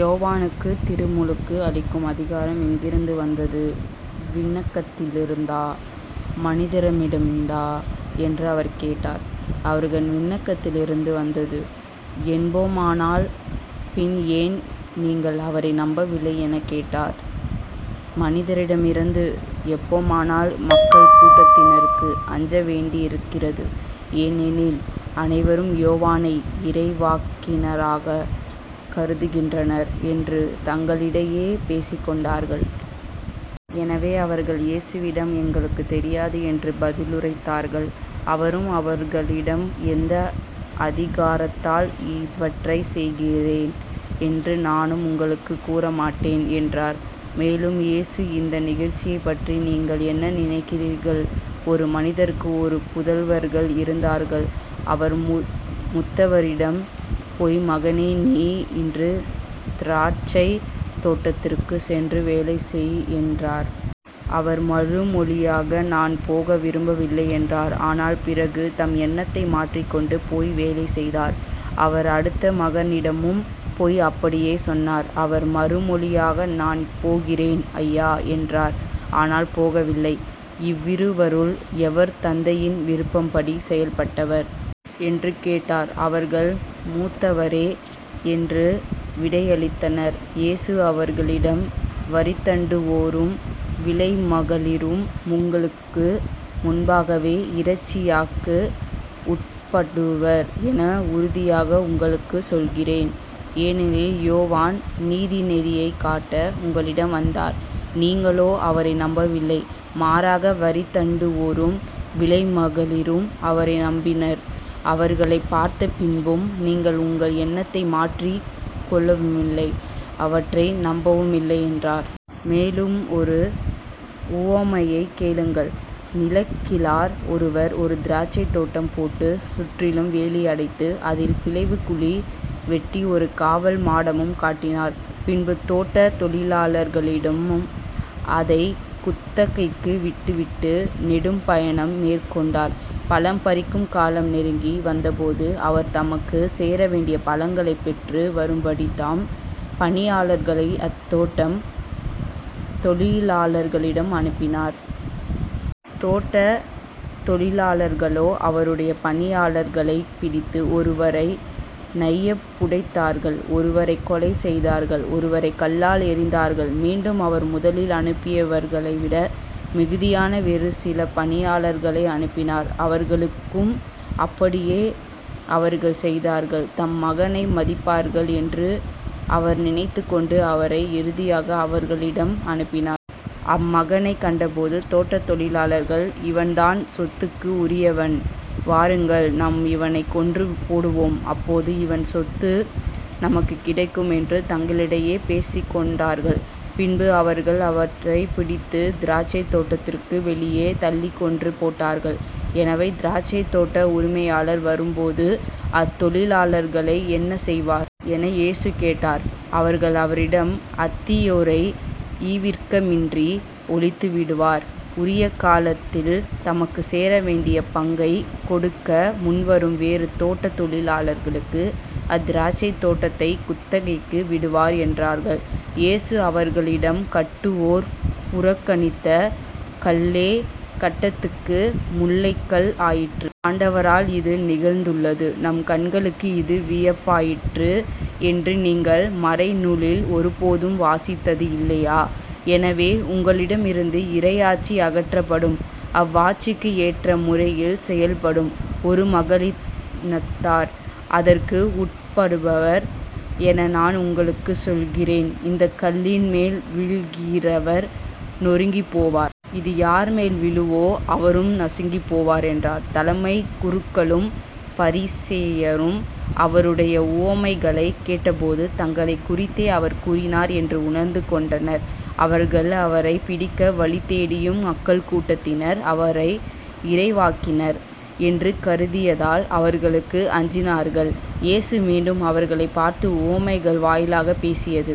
யோவானுக்கு திருமுழுக்கு அளிக்கும் அதிகாரம் எங்கிருந்து வந்தது? விண்ணகத்திலிருந்தா? மனிதரிடமிருந்தா? என்று அவர் கேட்டார். அவர்கள் விண்ணகத்திலிருந்து வந்தது என்போமானால் பின் ஏன் நீங்கள் அவரை நம்பவில்லை எனக் கேட்பார். மனிதரிடமிருந்து என்போமானால் மக்கள் கூட்டத்தினருக்கு அஞ்ச வேண்டியிருக்கிறது. ஏனெனில் அனைவரும் யோவானை இறைவாக்கினராகக் கருதுகின்றனர் என்று தங்களிடையே பேசிக்கொண்டார்கள். எனவே அவர்கள் இயேசுவிடம் எங்களுக்குத் தெரியாது என்று பதிலுரைத்தார்கள். அவரும் அவர்களிடம் எந்த அதிகாரத்தால் இவற்றைச் செய்கிறேன் என்று நானும் உங்களுக்குக் கூறமாட்டேன் என்றார். மேலும் இயேசு இந்த நிகழ்ச்சியைப் பற்றி நீங்கள் என்ன நினைக்கிறீர்கள்? ஒரு மனிதருக்கு இரு புதல்வர்கள் இருந்தார்கள். அவர் முத்தவரிடம் போய் மகனே நீ இன்று திராட்சைத் தோட்டத்திற்குச் சென்று வேலை செய் என்றார். அவர் மறுமொழியாக நான் போக விரும்பவில்லை என்றார். ஆனால் பிறகு தம் எண்ணத்தை மாற்றிக்கொண்டு போய் வேலை செய்தார். அவர் அடுத்த மகனிடமும் போய் அப்படியே சொன்னார். அவர் மறுமொழியாக நான் போகிறேன் ஐயா. என்றார் ஆனால் போகவில்லை. இவ்விருவருள் எவர் தந்தையின் விருப்பப்படி செயல்பட்டவர்? என்று கேட்டார். அவர்கள் முத்தவரே என்று விடையளித்தனர். இயேசு அவர்களிடம் வரிதண்டுவோரும் விலைமகளிரும் உங்களுக்கு முன்பாகவே இறையாட்சிக்கு உட்படுவர் என உறுதியாக உங்களுக்குச் சொல்கிறேன். ஏனெனில் யோவான் நீதிநெறியைக் காட்ட உங்களிடம் வந்தார். நீங்களோ அவரை நம்பவில்லை. மாறாக வரிதண்டுவோரும் விலைமகளிரும் அவரை நம்பினர். அவர்களைப் பார்த்த பின்பும் நீங்கள் உங்கள் எண்ணத்தை மாற்றிக்கொள்ளவுமில்லை அவரை நம்பவுமில்லை" என்றார். மேலும் ஓர் உவமையைக் கேளுங்கள் நிலக்கிழார் ஒருவர் ஒரு திராட்சைத் தோட்டம் போட்டு, சுற்றிலும் வேலி அடைத்து அதில் பிழிவுக்குழி வெட்டி ஒரு காவல் மாடமும் கட்டினார் பின்பு தோட்டத் தொழிலாளர்களிடம் அதைக் குத்தகைக்கு விட்டுவிட்டு நெடும் பயணம் மேற்கொண்டார். பழம் பறிக்கும் காலம் நெருங்கி வந்த போது அவர் தமக்குச் சேர வேண்டிய பழங்களைப் பெற்று வரும்படி தம் பணியாளர்களை அத்தோட்டத் தொழிலாளர்களிடம் அனுப்பினார். தோட்டத் தொழிலாளர்களோ அவருடைய பணியாளர்களைப் பிடித்து, ஒருவரை நையப் புடைத்தார்கள் ஒருவரைக் கொலை செய்தார்கள் ஒருவரைக் கல்லால் எறிந்தார்கள். மீண்டும் அவர் முதலில் அனுப்பியவர்களைவிட மிகுதியான வேறு சில பணியாளர்களை அனுப்பினார். அவர்களுக்கும் அப்படியே அவர்கள் செய்தார்கள். தம் மகனை மதிப்பார்கள் என்று அவர் நினைத்துக் கொண்டு அவரை இறுதியாக அவர்களிடம் அனுப்பினார். அம்மகனைக் கண்ட போது தோட்டத் தொழிலாளர்கள் இவன்தான் சொத்துக்கு உரியவன் வாருங்கள் நாம் இவனைக் கொன்று போடுவோம் அப்போது இவன் சொத்து நமக்குக் கிடைக்கும் என்று தங்களிடையே பேசிக்கொண்டார்கள். பின்பு அவர்கள் அவரைப் பிடித்து திராட்சைத் தோட்டத்திற்கு வெளியே தள்ளிக் கொன்றுபோட்டார்கள். எனவே திராட்சைத் தோட்ட உரிமையாளர் வரும்போது அத்தொழிலாளர்களை என்ன செய்வார்? என இயேசு கேட்டார். அவர்கள் அவரிடம் அத்தீயோரை ஈவிரக்கமின்றி ஒழித்து விடுவார் உரிய காலத்தில் தமக்கு சேர வேண்டிய பங்கைக் கொடுக்க முன்வரும் வேறு தோட்டத் தொழிலாளர்களுக்கு அத்திராட்சைத் தோட்டத்தைக் குத்தகைக்கு விடுவார் என்றார்கள். இயேசு அவர்களிடம் கட்டுவோர் புறக்கணித்த கல்லே கட்டடத்துக்கு முலைக்கல் ஆயிற்று. ஆண்டவரால் இது நிகழ்ந்துள்ளது நம் கண்களுக்கு இது வியப்பாயிற்று. என்று நீங்கள் மறைநூலில் ஒருபோதும் வாசித்தது இல்லையா? எனவே உங்களிடமிருந்து இறையாட்சி அகற்றப்படும் அவ்வாட்சிக்கு ஏற்ற முறையில் செயல்படும் ஒரு மக்களினத்தார் அதற்கு உட்படுவர் என நான் உங்களுக்குச் சொல்கிறேன். இந்தக் கல்லின்மேல் விழுகிறவர் நொறுங்கிப்போவார். இது யார் மேல் விழுமோ அவரும் நசுங்கிப் போவார் என்றார். தலைமைக் குருக்களும் பரிசேயரும் அவருடைய உவமைகளைக் கேட்டபோது தங்களைக் குறித்தே அவர் கூறினார் என்று உணர்ந்து கொண்டனர். அவர்கள் அவரைப் பிடிக்க வழிதேடியும் மக்கள் கூட்டத்தினர் அவரை இறைவாக்கினர் என்று கருதியதால் அவர்களுக்கு அஞ்சினார்கள். இயேசு மீண்டும் அவர்களைப் பார்த்து உவமைகள் வாயிலாகப் பேசியது